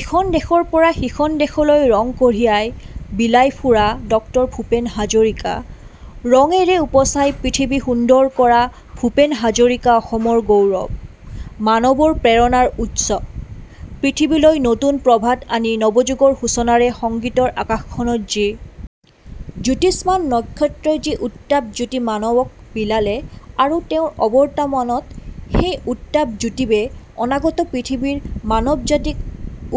ইখন দেশৰ পৰা সিখন দেশলৈ ৰং কঢ়িয়াই, বিলাই ফুৰা ড ভূপেন হাজৰিকা। ৰঙেৰে উপচাই পৃথিৱী সুন্দৰ কৰা ভূপেন হাজৰিকা অসমৰ গৌৰৱ। মানৱৰ প্ৰেৰণাৰ উৎস। পৃথিৱীলৈ নতুন প্ৰভাত আনি নৱযুগৰ সূচনাৰে সংগীতৰ আকাশখনত যি জ্যোতিষ্মান নক্ষত্ৰই যি উত্তাপ-জ্যোতি মানৱক বিলালে আৰু তেওঁৰ অৱৰ্তমানত সেই উত্তাপ-জ্যোতিবে অনাগত পৃথিৱীৰ মানৱ জাতিক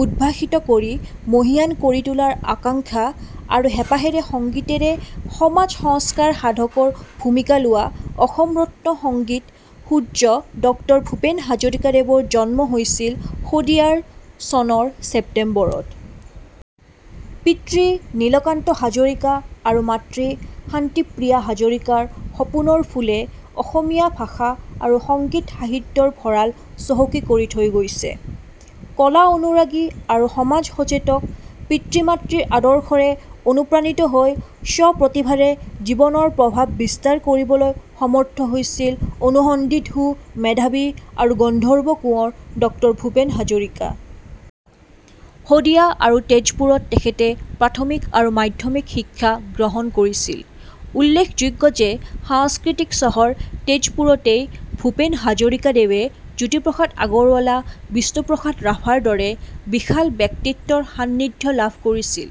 উদ্ভাসিত কৰি মহিয়ান কৰি তোলাৰ আকাংখ্যা আৰু হেঁপাহেৰে সংগীতেৰে সমাজ সংস্কাৰ সাধকৰ ভূমিকা লোৱা অসম ৰত্ন সংগীত সূৰ্য ড ভূপেন হাজৰিকাদেৱৰ জন্ম হৈছিল শদিয়াৰ চনৰ চেপ্তেম্বৰত। পিতৃ নীলকান্ত হাজৰিকা আৰু মাতৃ শান্তিপ্ৰিয়া হাজৰিকাৰ সপোনৰ ফুলে অসমীয়া ভাষা আৰু সংগীত সাহিত্যৰ ভঁড়াল চহকী কৰি থৈ গৈছে। কলা অনুৰাগী আৰু সমাজ সচেতক পিতৃ-মাতৃৰ আদৰ্শৰে অনুপ্ৰাণিত হৈ স্ব-প্ৰতিভাৰে জীৱনৰ প্ৰভাৱ বিস্তাৰ কৰিবলৈ সমৰ্থ হৈছিল অনুসন্ধিৎসু, মেধাৱী আৰু গন্ধৰ্ব কোঁৱৰ ড ভূপেন হাজৰিকা। শদিয়া আৰু তেজপুৰত তেখেতে প্ৰাথমিক আৰু মাধ্যমিক শিক্ষা গ্ৰহণ কৰিছিল। উল্লেখযোগ্য যে সাংস্কৃতিক চহৰ তেজপুৰতেই ভূপেন হাজৰিকাদেৱে জ্যোতিপ্ৰসাদ আগৰৱালা, বিষ্ণুপ্ৰসাদ ৰাভাৰ দৰে বিশাল ব্যক্তিত্বৰ সান্নিধ্য লাভ কৰিছিল।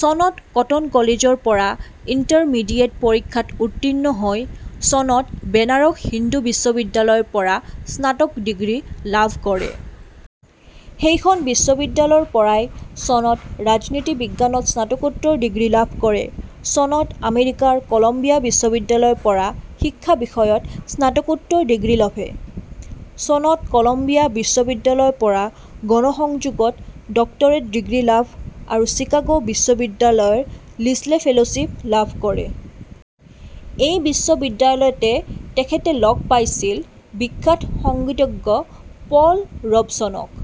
চনত কটন কলেজৰ পৰা ইণ্টাৰমিডিয়েট পৰীক্ষাত উত্তীৰ্ণ হৈ চনত বেনাৰস হিন্দু বিশ্ববিদ্যালয়ৰ পৰা স্নাতক ডিগ্ৰী লাভ কৰে। সেইখন বিশ্ববিদ্যালয়ৰ পৰাই চনত ৰাজনীতি বিজ্ঞানত স্নাতকোত্তৰ ডিগ্ৰী লাভ কৰে। চনত আমেৰিকাৰ কলম্বিয়া বিশ্ববিদ্যালয়ৰ পৰা শিক্ষা বিষয়ত স্নাতকোত্তৰ ডিগ্ৰী লভে! চনত কলম্বিয়া বিশ্ববিদ্যালয়ৰ পৰা গণসংযোগত ডক্টৰেট ডিগ্ৰী লাভ আৰু চিকাগো বিশ্ববিদ্যালয়ৰ লিছলে ফেল'শ্বিপ লাভ কৰে। এই বিশ্ববিদ্যালয়তে তেখেতে লগ পাইছিল বিখ্যাত সংগীতজ্ঞ 'পল ৰবচনক৷'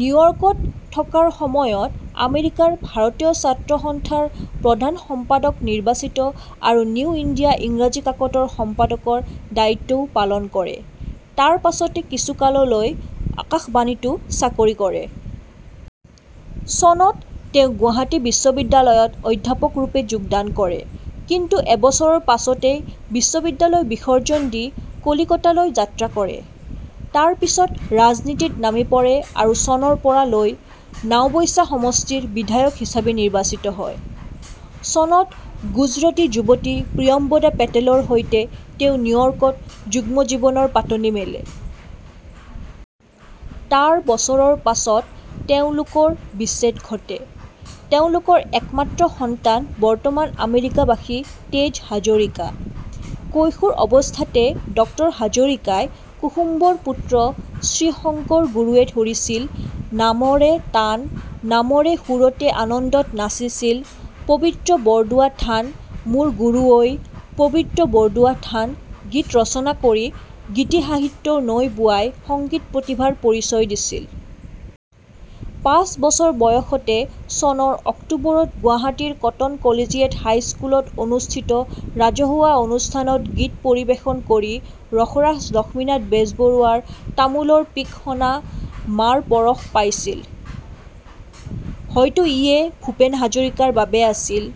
নিউয়ৰ্কত থকাৰ সময়ত আমেৰিকাৰ ভাৰতীয় ছাত্ৰসস্থাৰ প্ৰধান সম্পাদক নিৰ্বাচিত আৰু নিউ ইণ্ডিয়া ইংৰাজী কাকতৰ সম্পাদকৰ দায়িত্বও পালন কৰে। তাৰ পাচতে কিছুকাললৈ আকাশবাণীতো চাকৰি কৰে। চনত তেওঁ গুৱাহাটী বিশ্ববিদ্যালত অধ্যাপকৰূপে যোগদান কৰে। কিন্তু এবছৰৰ পাচতেই বিশ্ববিদ্যালয় বিসৰ্জন দি কলিকতালৈ যাত্ৰা কৰে। তাৰ পিছত ৰাজনীতিত নামি পৰে আৰু চনৰ পৰা লৈ নাওবৈছা সমষ্টিৰ বিধায়ক হিচাপে নিৰ্বাচিত হয়। চনত গুজাৰটী যুৱতী প্ৰিয়ম্বদা পেটেলৰ সৈতে তেওঁ নিউয়ৰ্কত যুগ্ম জীৱনৰ পাতনি মেনে! তাৰ বছৰৰ পাছত তেওঁলোকৰ বিচ্ছেদ ঘটে। তেওঁলোকৰ একমাত্ৰ সন্তান বৰ্তমান আমেৰিকাবাসী তেজ হাজৰিকা। কৈশোৰ অৱস্থাতে ড হাজৰিকাই 'কুসুম্বৰ পুত্ৰ শ্ৰীশংকৰ গুৰুৱে ধৰিছিল নামৰে তান, নামৰে সুৰতে আনন্দত নাচিছিল পৱিত্ৰ বৰদোৱা থান মোৰ গুৰু ঐ, পৱিত্ৰ বৰদোৱা থান' গীত ৰচনা কৰি গীতি সাহিত্যৰ নৈ বোৱাই সংগীত প্ৰতিভাৰ পৰিচয় দিছিল। পাচ বছৰ বয়সতে চনৰ অক্টোবৰত গুৱাহাটীৰ কটন কলেজিয়েট হাইস্কুলত অনুষ্ঠিত ৰাজহুৱা অনুষ্ঠানত গীত পৰিৱেশন কৰি ৰসৰাজ লক্ষ্মীনাথ বেজবৰুৱাৰ তামোলৰ পিক সনা মাৰ পৰশ পাইছিল। হয়তো ইয়ে ভূপেন হাজৰিকাৰ বাবে আছিল